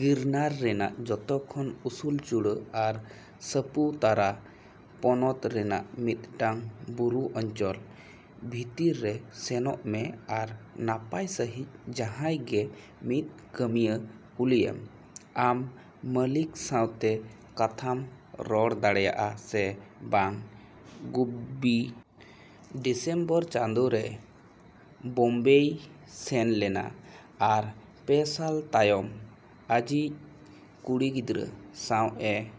ᱜᱤᱨᱱᱟᱨ ᱨᱮᱱᱟᱜ ᱡᱷᱚᱛᱚ ᱠᱷᱚᱱ ᱩᱥᱩᱞ ᱪᱩᱲᱟᱹ ᱟᱨ ᱥᱟᱯᱩ ᱛᱟᱨᱟ ᱯᱚᱱᱚᱛ ᱨᱮᱭᱟᱜ ᱢᱤᱫᱴᱟᱝ ᱵᱩᱨᱩ ᱚᱧᱪᱚᱞ᱾ᱵᱷᱤᱛᱤᱨ ᱨᱮ ᱥᱮᱱᱚᱜ ᱢᱮ ᱟᱨ ᱱᱟᱯᱟᱭ ᱥᱟᱺᱦᱤᱡ ᱡᱟᱦᱟᱸᱭ ᱜᱮ ᱢᱤᱫ ᱠᱟᱹᱢᱤᱭᱟᱹ ᱠᱩᱞᱤᱭᱮᱢ ᱟᱢ ᱢᱟᱹᱞᱤᱠ ᱥᱟᱶᱛᱮ ᱠᱟᱛᱷᱟᱢ ᱨᱚᱲ ᱫᱟᱲᱮᱭᱟᱜᱼᱟ ᱥᱮ ᱵᱟᱝ᱾ᱜᱩᱵᱵᱤ ᱰᱤᱥᱚᱢᱵᱚᱨ ᱪᱟᱸᱫᱳ ᱨᱮ ᱵᱚᱢᱵᱮᱭ ᱥᱮᱱ ᱞᱮᱱᱟ ᱟᱨ ᱯᱮ ᱥᱟᱞ ᱛᱟᱭᱚᱢ ᱟᱹᱡᱤᱡ ᱠᱩᱲᱤ ᱜᱤᱫᱽᱨᱟᱹ ᱥᱟᱶ ᱮ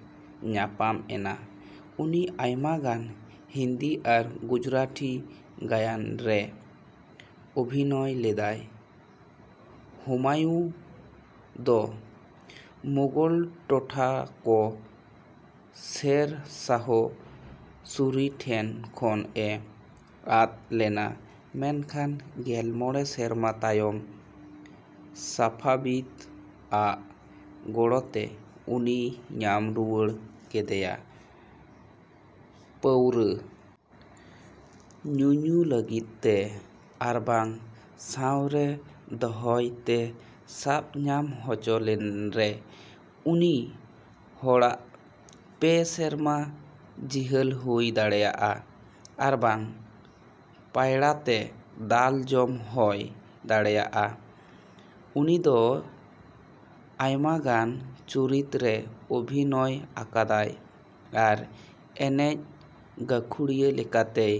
ᱧᱟᱯᱟᱢ ᱮᱱᱟ᱾ᱩᱱᱤ ᱟᱭᱢᱟ ᱜᱟᱱ ᱦᱤᱱᱫᱤ ᱟᱨ ᱜᱩᱡᱽᱨᱟᱴᱤ ᱜᱟᱭᱟᱱ ᱨᱮ ᱚᱵᱷᱤᱱᱚᱭ ᱞᱮᱫᱟᱭ᱾ᱦᱩᱢᱟᱭᱩ ᱫᱚ ᱢᱩᱜᱷᱚᱞ ᱴᱚᱴᱷᱟ ᱠᱚ ᱥᱮᱨ ᱥᱟᱦᱚ ᱥᱩᱨᱤ ᱴᱷᱮᱱ ᱠᱷᱚᱱ ᱮ ᱟᱫ ᱞᱮᱱᱟ, ᱢᱮᱱᱠᱷᱟᱱ ᱜᱮᱞ ᱢᱚᱸᱬᱮ ᱥᱮᱨᱢᱟ ᱛᱟᱭᱚᱢ ᱥᱟᱯᱷᱟᱵᱤᱫ ᱟᱜ ᱜᱚᱲᱚ ᱛᱮ ᱩᱱᱤᱭ ᱧᱟᱢ ᱨᱩᱣᱟᱹᱲ ᱠᱮᱫᱭᱟ᱾ᱯᱟᱹᱣᱨᱟᱹ ᱧᱩᱧᱩ ᱞᱟᱹᱜᱤᱫᱛᱮ ᱟᱨᱵᱟᱝ ᱥᱟᱶᱨᱮ ᱫᱚᱦᱚᱭᱛᱮ ᱥᱟᱵ ᱧᱟᱢ ᱦᱚᱪᱚ ᱞᱮᱱᱨᱮ, ᱩᱱᱤ ᱦᱚᱲᱟᱜ ᱯᱮᱼᱥᱮᱨᱢᱟ ᱡᱤᱦᱟᱹᱞ ᱦᱩᱭ ᱫᱟᱲᱮᱭᱟᱜᱼᱟ ᱟᱨᱵᱟᱝ ᱯᱟᱭᱲᱟᱛᱮ ᱫᱟᱞ ᱡᱚᱢ ᱦᱚᱭ ᱫᱟᱲᱮᱭᱟᱜᱼᱟ᱾ᱩᱱᱤᱫᱚ ᱟᱭᱢᱟᱜᱟᱱ ᱪᱩᱨᱤᱛ ᱨᱮ ᱚᱵᱷᱤᱱᱚᱭ ᱟᱠᱟᱫᱟᱭ ᱟᱨ ᱮᱱᱮᱡ ᱜᱟᱹᱠᱷᱩᱲᱤᱭᱟᱹ ᱞᱮᱠᱟᱛᱮᱭ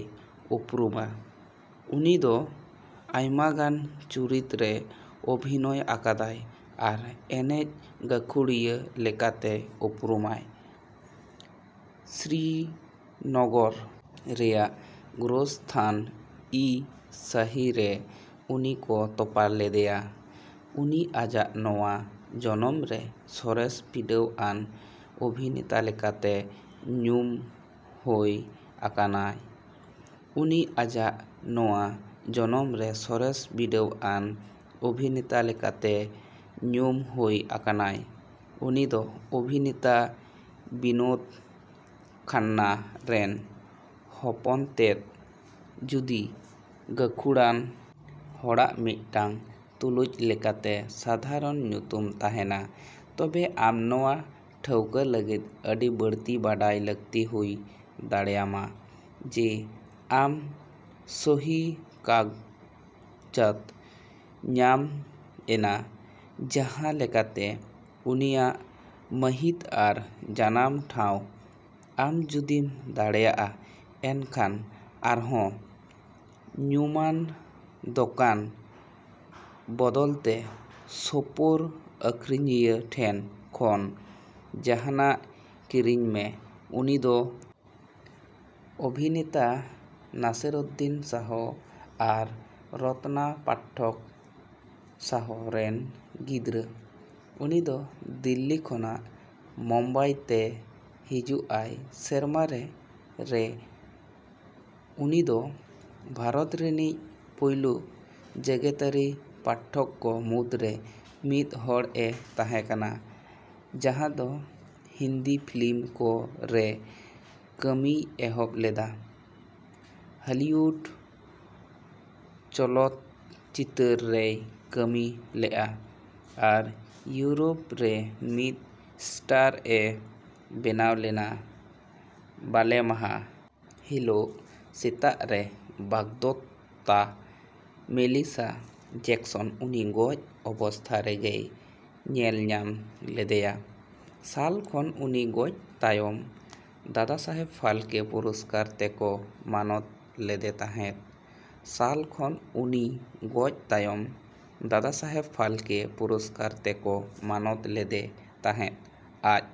ᱩᱯᱨᱩᱢᱟ᱾ᱩᱱᱤᱫᱚ ᱟᱭᱢᱟᱜᱟᱱ ᱪᱩᱨᱤᱛ ᱨᱮ ᱚᱵᱷᱤᱱᱚᱭ ᱟᱠᱟᱫᱟᱭ ᱟᱨ ᱮᱱᱮᱡ ᱜᱟᱹᱠᱷᱩᱲᱤᱭᱟᱹ ᱞᱮᱠᱟᱛᱮᱭ ᱩᱯᱨᱩᱢᱟ᱾ᱥᱨᱤᱱᱚᱜᱚᱨ ᱨᱮᱭᱟᱜ ᱜᱳᱨᱥᱛᱷᱟᱱ ᱤ ᱥᱟᱦᱤ ᱨᱮ ᱩᱱᱤ ᱠᱚ ᱛᱚᱯᱟ ᱞᱮᱫᱮᱭᱟ᱾ᱩᱱᱤ ᱟᱡᱟᱜ ᱱᱚᱶᱟ ᱡᱚᱱᱚᱢᱨᱮ ᱥᱚᱨᱮᱥ ᱵᱤᱰᱟᱹᱣ ᱟᱱ ᱚᱵᱷᱤᱱᱮᱛᱟ ᱞᱮᱠᱟᱛᱮ ᱧᱩᱢ ᱦᱳᱭ ᱟᱠᱟᱱᱟᱭ᱾ᱩᱱᱤ ᱟᱡᱟᱜ ᱱᱚᱶᱟ ᱡᱚᱱᱚᱢᱨᱮ ᱥᱚᱨᱮᱥ ᱵᱤᱰᱟᱹᱣ ᱟᱱ ᱚᱵᱷᱤᱱᱮᱛᱟ ᱞᱮᱠᱟᱛᱮ ᱧᱩᱢ ᱦᱳᱭ ᱟᱠᱟᱱᱟᱭ᱾ᱩᱱᱤᱫᱚ ᱚᱵᱷᱤᱱᱮᱛᱟ ᱵᱤᱱᱳᱫ ᱠᱷᱟᱱᱱᱟ ᱨᱮᱱ ᱦᱚᱯᱚᱱᱛᱮᱫ᱾ᱡᱩᱫᱤ, ᱜᱟᱹᱠᱷᱩᱲᱟᱱ ᱦᱚᱲᱟᱜ ᱢᱤᱫᱴᱟᱝ ᱛᱩᱞᱩᱡ ᱞᱮᱠᱟᱛᱮ ᱥᱟᱫᱷᱟᱨᱚᱱ ᱧᱩᱛᱩᱢ ᱛᱟᱸᱦᱮᱱᱟ ᱛᱚᱵᱮ ᱟᱢ ᱱᱚᱶᱟ ᱴᱷᱟᱹᱣᱠᱟ ᱞᱟᱹᱜᱤᱫ ᱟᱹᱰᱤ ᱵᱟᱹᱲᱛᱤ ᱵᱟᱰᱟᱭ ᱞᱟᱹᱠᱛᱤ ᱦᱩᱭ ᱫᱟᱲᱮᱭᱟᱢᱟ ᱡᱮ ᱟᱢ ᱥᱚᱦᱤ ᱠᱟᱜᱡᱟᱛ ᱧᱟᱢ ᱮᱱᱟ, ᱡᱟᱸᱦᱟ ᱞᱮᱠᱟᱛᱮ ᱩᱱᱤᱭᱟᱜ ᱢᱟᱹᱦᱤᱛ ᱟᱨ ᱡᱟᱱᱟᱢ ᱴᱷᱟᱶ᱾ᱟᱢ ᱡᱩᱫᱤᱢ ᱫᱟᱲᱮᱭᱟᱜᱼᱟ, ᱮᱱᱠᱷᱟᱱ ᱟᱨᱦᱚᱸ ᱧᱩᱢᱟᱱ ᱫᱚᱠᱟᱱ ᱵᱚᱫᱚᱞᱛᱮ ᱥᱳᱯᱳᱨ ᱟᱹᱠᱷᱨᱤᱧᱤᱭᱟᱹ ᱴᱷᱮᱱ ᱠᱷᱚᱱ ᱡᱟᱦᱟᱱᱟᱜ ᱠᱤᱨᱤᱧᱢᱮ᱾ᱩᱱᱤᱫᱚ ᱚᱵᱷᱤᱱᱮᱛᱟ ᱱᱟᱥᱤᱨᱩᱫᱽᱫᱤᱱ ᱥᱟᱦᱚ ᱟᱨ ᱨᱚᱛᱱᱟ ᱯᱟᱴᱷᱚᱠ ᱥᱟᱦᱚ ᱨᱮᱱ ᱜᱤᱫᱽᱨᱟᱹ᱾ᱩᱱᱤᱫᱚ ᱫᱤᱞᱞᱤ ᱠᱷᱚᱱᱟᱜ ᱢᱩᱢᱵᱟᱭᱛᱮ ᱦᱤᱡᱩᱜ ᱟᱭ ᱥᱮᱨᱢᱟᱨᱮ ᱨᱮ᱾ᱩᱱᱤ ᱫᱚ ᱵᱷᱟᱨᱚᱛ ᱨᱤᱱᱤᱡ ᱯᱩᱭᱞᱩ ᱡᱮᱜᱮᱛᱟᱹᱨᱤ ᱯᱟᱴᱷᱚᱠ ᱠᱚ ᱢᱩᱫᱽ ᱨᱮ ᱢᱤᱫ ᱦᱚᱲ ᱮ ᱛᱟᱸᱦᱮ ᱠᱟᱱᱟ ᱡᱟᱸᱦᱟ ᱫᱚ ᱦᱤᱱᱫᱤ ᱯᱷᱤᱞᱤᱢ ᱠᱚ ᱨᱮ ᱠᱟᱹᱢᱤᱭ ᱮᱦᱚᱵ ᱞᱮᱫᱟ, ᱦᱟᱞᱤᱭᱩᱰ ᱪᱚᱞᱚᱛ ᱪᱤᱛᱟᱹᱨ ᱨᱮᱭ ᱠᱟᱹᱢᱤ ᱞᱮᱜᱼᱟ ᱟᱨ ᱤᱭᱩᱨᱳᱯ ᱨᱮ ᱢᱤᱫ ᱥᱴᱟᱨ ᱮ ᱵᱮᱱᱟᱣ ᱞᱮᱱᱟ᱾ᱵᱟᱞᱮᱢᱟᱦᱟ ᱦᱤᱞᱳᱜ ᱥᱮᱛᱟᱜ ᱨᱮ ᱵᱟᱜᱽᱫᱚᱛᱛᱟ ᱢᱮᱞᱤᱥᱟ ᱡᱮᱠᱥᱚᱱ ᱩᱱᱤ ᱜᱚᱡ ᱚᱵᱚᱥᱛᱷᱟ ᱨᱮᱜᱮᱭ ᱧᱮᱞᱧᱟᱢ ᱞᱮᱫᱮᱭᱟ᱾ᱥᱟᱞ ᱠᱷᱚᱱ ᱩᱱᱤ ᱜᱚᱡᱽ ᱛᱟᱭᱚᱢ ᱫᱟᱫᱟ ᱥᱟᱦᱮᱵ ᱯᱷᱟᱞᱠᱮ ᱯᱩᱨᱩᱥᱠᱟᱨ ᱛᱮᱠᱚ ᱢᱟᱱᱚᱛ ᱞᱮᱫᱮ ᱛᱟᱦᱮᱸᱫ᱾ᱥᱟᱞ ᱠᱷᱚᱱ ᱩᱱᱤ ᱜᱚᱡᱽ ᱛᱟᱭᱚᱢ ᱫᱟᱫᱟ ᱥᱟᱦᱮᱵ ᱯᱷᱟᱞᱠᱮ ᱯᱩᱨᱩᱥᱠᱟᱨ ᱛᱮᱠᱚ ᱢᱟᱱᱚᱛ ᱞᱮᱫᱮ ᱛᱟᱦᱮᱸᱫ᱾ᱟᱡ